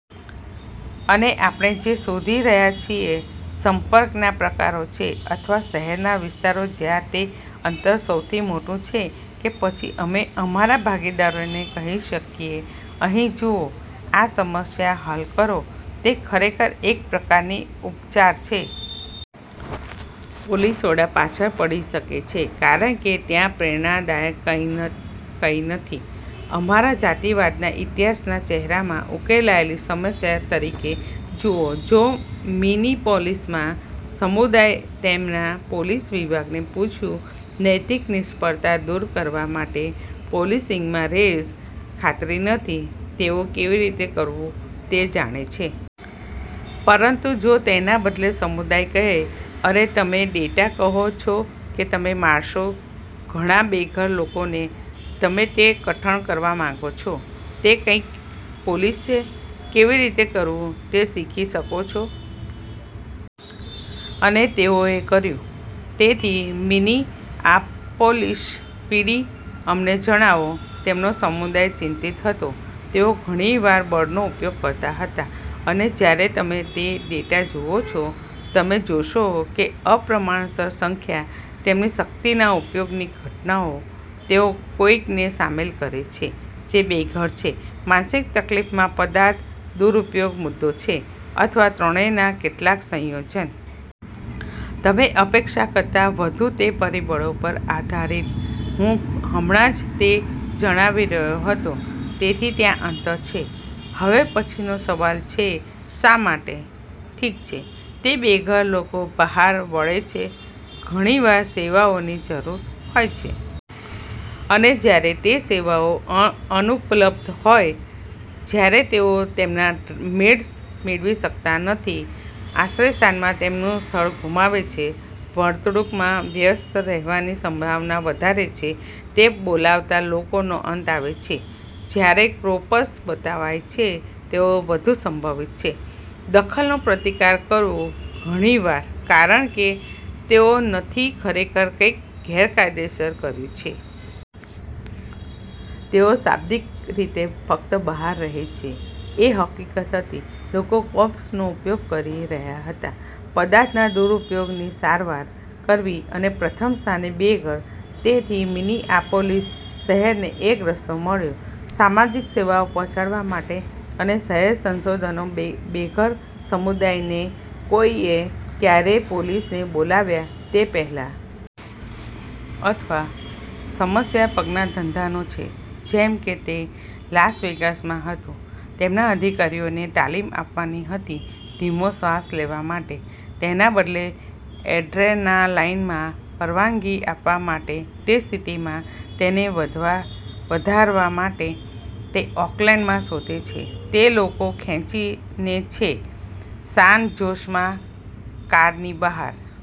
અને આપણે જે શોધી રહ્યા છીએ સંપર્કના પ્રકારો છે અથવા શહેરના વિસ્તારો જ્યાં તે અંતર સૌથી મોટું છે કે પછી અમે અમારા ભાગીદારોને કહી શકીએ "અહીં જુઓ. આ સમસ્યા હલ કરો". તે ખરેખર એક પ્રકારની ઉપચાર છે. પોલીસ વડા પાછળ પડી શકે છે કારણ કે ત્યાં પ્રેરણાદાયક કંઈ નથી અમારા જાતિવાદના ઇતિહાસના ચહેરામાં ઉકેલાયેલી સમસ્યા તરીકે. જુઓ, જો મિનીપોલિસમાં સમુદાય તેમના પોલીસ વિભાગને પૂછ્યું નૈતિક નિષ્ફળતા દૂર કરવા માટે પોલીસિંગમાં રેસ, ખાતરી નથી તેઓ કેવી રીતે કરવું તે જાણે છે. પરંતુ જો તેના બદલે સમુદાય કહે, "અરે, તમે ડેટા કહો છો કે તમે મારશો ઘણા બેઘર લોકોને, તમે તે કઠણ કરવા માંગો છો"? તે કંઈક પોલીસ છે. કેવી રીતે કરવું તે શીખી શકો છો. અને તેઓએ કર્યું. તેથી, મિનીઆપોલિસ પીડી અમને જણાવો તેમનો સમુદાય ચિંતિત હતો તેઓ ઘણી વાર બળનો ઉપયોગ કરતા હતા. અને જ્યારે તમે તે ડેટા જુઓ છો, તમે જોશો કે અપ્રમાણસર સંખ્યા તેમની શક્તિના ઉપયોગની ઘટનાઓ તેઓ કોઈકને સામેલ કરે છે જે બેઘર છે, માનસિક તકલીફમાં, પદાર્થ દુરૂપયોગ મુદ્દો છે અથવા ત્રણેયના કેટલાક સંયોજન. તમે અપેક્ષા કરતાં વધુ તે પરિબળો પર આધારિત હું હમણાં જ તે જણાવી રહ્યો હતો. તેથી ત્યાં અંતર છે. હવે પછીનો સવાલ છે "શા માટે"? ઠીક છે, તે બેઘર લોકો બહાર વળે છે ઘણીવાર સેવાઓની જરૂર હોય છે. અને જ્યારે તે સેવાઓ અનુપલબ્ધ હોય, જ્યારે તેઓ તેમના મેડ્સ મેળવી શકતા નથી, આશ્રયસ્થાનમાં તેમનું સ્થળ ગુમાવે છે. વર્તણૂંકમાં વ્યસ્ત રહેવાની સંભાવના વધારે છે તે બોલાવતા લોકોનો અંત આવે છે. જ્યારે ક્રોપસ બતાવાય છે તેઓ વધુ સંભવિત છે દખલનો પ્રતિકાર કરવો ઘણી વાર કારણ કે તેઓ નથી ખરેખર કંઈક ગેરકાયદેસર કર્યું છે. તેઓ શાબ્દિક રીતે ફક્ત બહાર રહે છે. એ હકીકત હતી લોકો કોપ્સનો ઉપયોગ કરી રહ્યા હતા પદાર્થના દુરૂપયોગની સારવાર કરવી અને પ્રથમ સ્થાને બેઘર. તેથી મિનીઆપોલિસ શહેરને એક રસ્તો મળ્યો સામાજિક સેવાઓ પહોંચાડવા માટે અને શહેર સંસાધનો બેઘર સમુદાયને કોઈએ ક્યારેય પોલીસને બોલાવ્યા તે પહેલાં. અથવા સમસ્યા પગના ધંધાનો છે જેમ કે તે લાસ વેગાસમાં હતું. તેમના અધિકારીઓને તાલીમ આપવાની હતી ધીમો શ્વાસ લેવા માટે. તેના બદલે એડ્રેનાલાઇનમાં પરવાનગી આપવા માટે તે સ્થિતિમાં તેને વધારવા માટે. તે ઓકલેન્ડમાં શોધે છે. તે લોકો ખેંચીને છે સાન જોસમાં કારની બહાર.